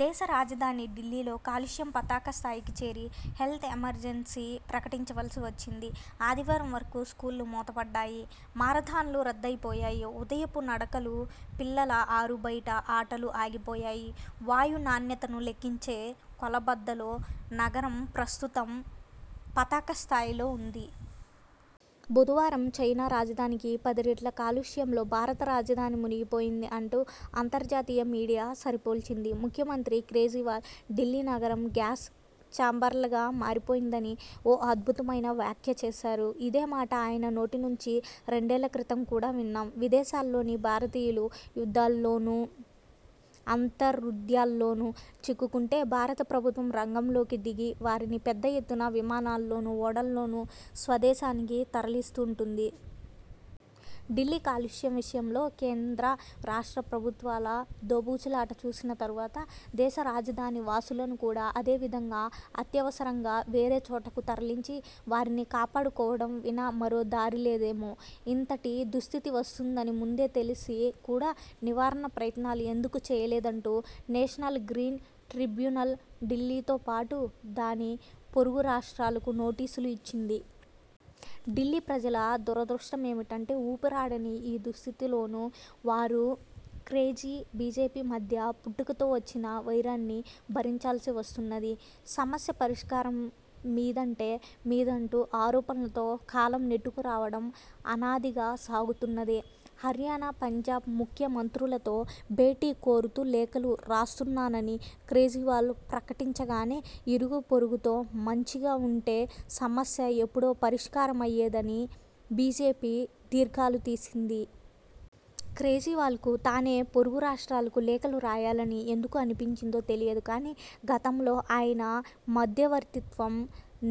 దేశ రాజధాని ఢిల్లీలో కాలుష్యం పతాక స్థాయికి చేరి హెల్త్ ఎమర్జెన్సీ ప్రకటించవలసి వచ్చింది. ఆదివారం వరకూ స్కూళ్ళు మూత బడ్డాయి, మారథాన్లు రద్దయి పోయాయి, ఉదయపు నడకలు, పిల్లల ఆరు బయట ఆటలూ ఆగిపోయాయి. వాయు నాణ్యతను లెక్కించే కొల బద్దలో నగరం ప్రస్తుతం పతాక స్థాయిలో ఉంది. 'బుధవారం చైనా రాజధానికి పదిరెట్ల కాలుష్యంలో భారత రాజధాని మునిగిపోయింది' అంటూ అంతర్జాతీయ మీడియా సరిపోల్చింది. ముఖ్యమంత్రి కేజ్రీవాల్ ఢిల్లీ నగరం గ్యాస్ చాంబర్లాగా మారిపోయిందని ఓ అద్భుతమైన వ్యాఖ్య చేశారు. ఇదే మాట ఆయన నోటి నుంచి రెండేళ్ళక్రితం కూడా విన్నాం. విదేశాల్లోని భారతీయులు యుద్ధాల్లోనో, అంతర్యుద్ధాల్లోనో చిక్కుకుంటే భారత ప్రభుత్వం రంగంలోకి దిగి వారిని పెద్ద ఎత్తున విమానాల్లోనూ, ఓడల్లోనూ స్వదేశానికి తరలిస్తూంటుంది. ఢిల్లీ కాలుష్యం విషయంలో కేంద్ర, రాష్ట్ర ప్రభుత్వాల దోబూచు లాట చూసిన తరువాత, దేశ రాజధాని వాసులను కూడా అదే విధంగా అత్యవసరంగా వేరే చోటకు తరలించి వారిని కాపాడు కోవడం వినా మరో దారి లేదేమో! ఇంతటి దుస్థితి వస్తుందని ముందే తెలిసి కూడా నివారణ ప్రయత్నాలు ఎందుకు చేయలేదంటూ నేషనల్ గ్రీన్ ట్రిబ్యునల్ ఢిల్లీతో పాటు దాని పొరుగు రాష్ట్రాలకు నోటీసులు ఇచ్చింది. ఢిల్లీ ప్రజల దురదృష్టమేమంటే, ఊపిరాడని ఈ దుస్థితిలోనూ వారు కేజ్రీ, బీజేపీ మధ్య పుట్టుకతో వచ్చిన వైరాన్ని భరించాల్సి వస్తున్నది. సమస్య పరిష్కారం మీదంటే మీదంటూ ఆరోపణలతో కాలం నెట్టుకురావడం అనాదిగా సాగుతున్నదే. హర్యానా, పంజాబ్ ముఖ్య మంత్రులతో భేటీ కోరుతూ లేఖలు రాస్తున్నానని కేజ్రీవాల్ ప్రకటించగానే, ఇరుగూ పొరుగుతో మంచిగా ఉంటే సమస్య ఎప్పుడో పరిష్కారమయ్యేదని బీజేపీ దీర్ఘాలు తీసింది. కేజ్రీవాల్కు తానే పొరుగు రాష్ట్రాలకు లేఖలు రాయాలని ఎందుకు అనిపించిందో తెలియదు కానీ, గతంలో ఆయన మధ్యవర్తిత్వం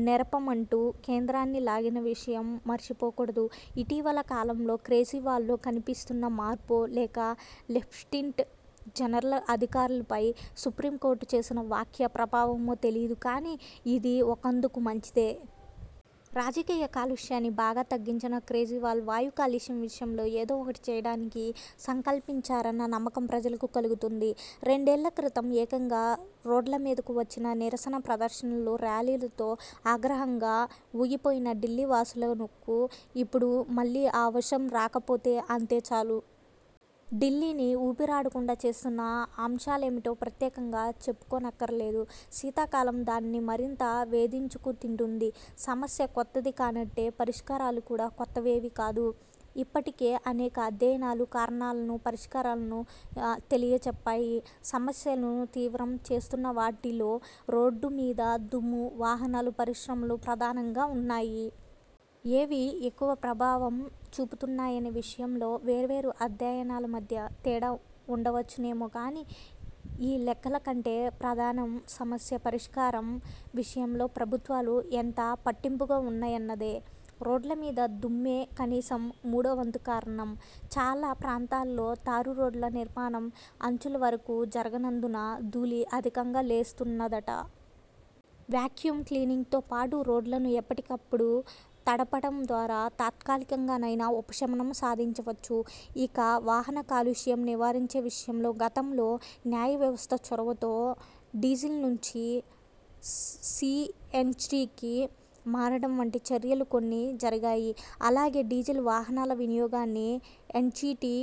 నెరపమంటూ కేంద్రాన్ని లాగిన విషయం మరిచిపోకూడదు. ఇటీవలి కాలంలో కేజ్రీవాల్లో కనిపిస్తున్న మార్పో, లేక లెఫ్ట్నెంట్ జనరల్ అధికారాలపై సుప్రీంకోర్టు చేసిన వ్యాఖ్య ప్రభావమో తెలియదు కానీ ఇదీ ఒకందుకు మంచిదే. రాజకీయ కాలుష్యాన్ని బాగా తగ్గించిన కేజ్రీవాల్ వాయు కాలుష్యం విషయంలో ఏదో ఒకటి చేయడానికి సంకల్పించారన్న నమ్మకం ప్రజలకు కలుగుతుంది. రెండేళ్ళ క్రితం ఏకంగా రోడ్ల మీదకు వచ్చిన నిరసన ప్రదర్శనలు, ర్యాలీలతో ఆగ్రహంగా ఊగిపోయిన ఢిల్లీ వాసులకు ఇప్పుడు మళ్ళీ ఆ అవసరం రాకపోతే అంతే చాలు. ఢిల్లీని ఊపిరాడకుండా చేస్తున్న అంశాలేమిటో ప్రత్యేకంగా చెప్పుకోనక్కరలేదు. శీతా కాలం దానిని మరింత వేధించుకు తింటుంది. సమస్య కొత్తది కానట్టే, పరిష్కారాలు కూడా కొత్తవేమీ కాదు. ఇప్పటికే అనేక అధ్యయనాలు కారణాలను, పరిష్కారాలను తెలియచెప్పాయి. సమస్యను తీవ్రం చేస్తున్నవాటిలో రోడ్లమీద దుమ్ము, వాహనాలు, పరిశ్రమలు ప్రధానంగా ఉన్నాయి. ఏవి ఎక్కువ ప్రభావం చూపుతున్నాయనే విషయంలో వేర్వేరు అధ్యయనాల మధ్య తేడా వుండవచ్చునేమో కానీ, ఈ లెక్కల కంటే ప్రధానం సమస్య పరిష్కారం విషయంలో ప్రభుత్వాలు ఎంత పట్టింపుగా ఉన్నాయన్నదే. రోడ్లమీద దుమ్మే కనీసం మూడోవంతు కారణం. చాలా ప్రాంతాల్లో తారు రోడ్ల నిర్మాణం అంచుల వరకూ జరగనందున ధూళి అధికంగా లేస్తున్నదట. వాక్యూమ్ క్లీనింగ్తో పాటు రోడ్లను ఎప్పటికప్పుడు తడపడం ద్వారా తాత్కాలికంగానైనా ఉపశమనం సాధించవచ్చు. ఇక, వాహన కాలుష్యం నివారించే విషయంలో గతంలో న్యాయవ్యవస్థ చొరవతో డీజిల్నుంచి సీఎన్జీకి మారడం వంటి చర్యలు కొన్ని జరిగాయి. అలాగే, డీజిల్ వాహనాల వినియోగాన్ని ఎన్జీటీ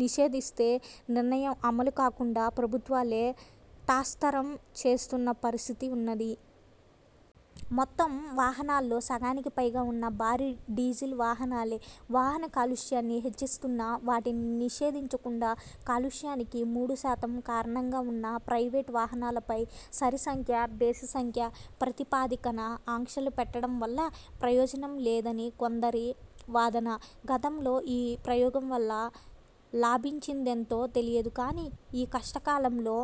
నిషేధిస్తే నిర్ణయం అమలు కాకుండా ప్రభుత్వాలే తాత్సారం చేస్తున్న పరిస్థితీ ఉన్నది. మొత్తం వాహనాల్లో సగానికి పైగా ఉన్న భారీ డిజిల్ వాహనాలే వాహన కాలుష్యాన్ని హెచ్చిస్తున్నా, వాటిని నిషేధించకుండా కాలుష్యానికి మూడు శాతం కారణంగా ఉన్న ప్రైవేటు వాహనాలపై సరి సంఖ్య బేసి సంఖ్య ప్రాతిపదికన ఆంక్షలు పెట్టడం వల్ల ప్రయోజనం లేదని కొందరి వాదన. గతంలో ఈ ప్రయోగం వల్ల లాభించినదెంతో తెలియదు కానీ, ఈ కష్ట కాలంలో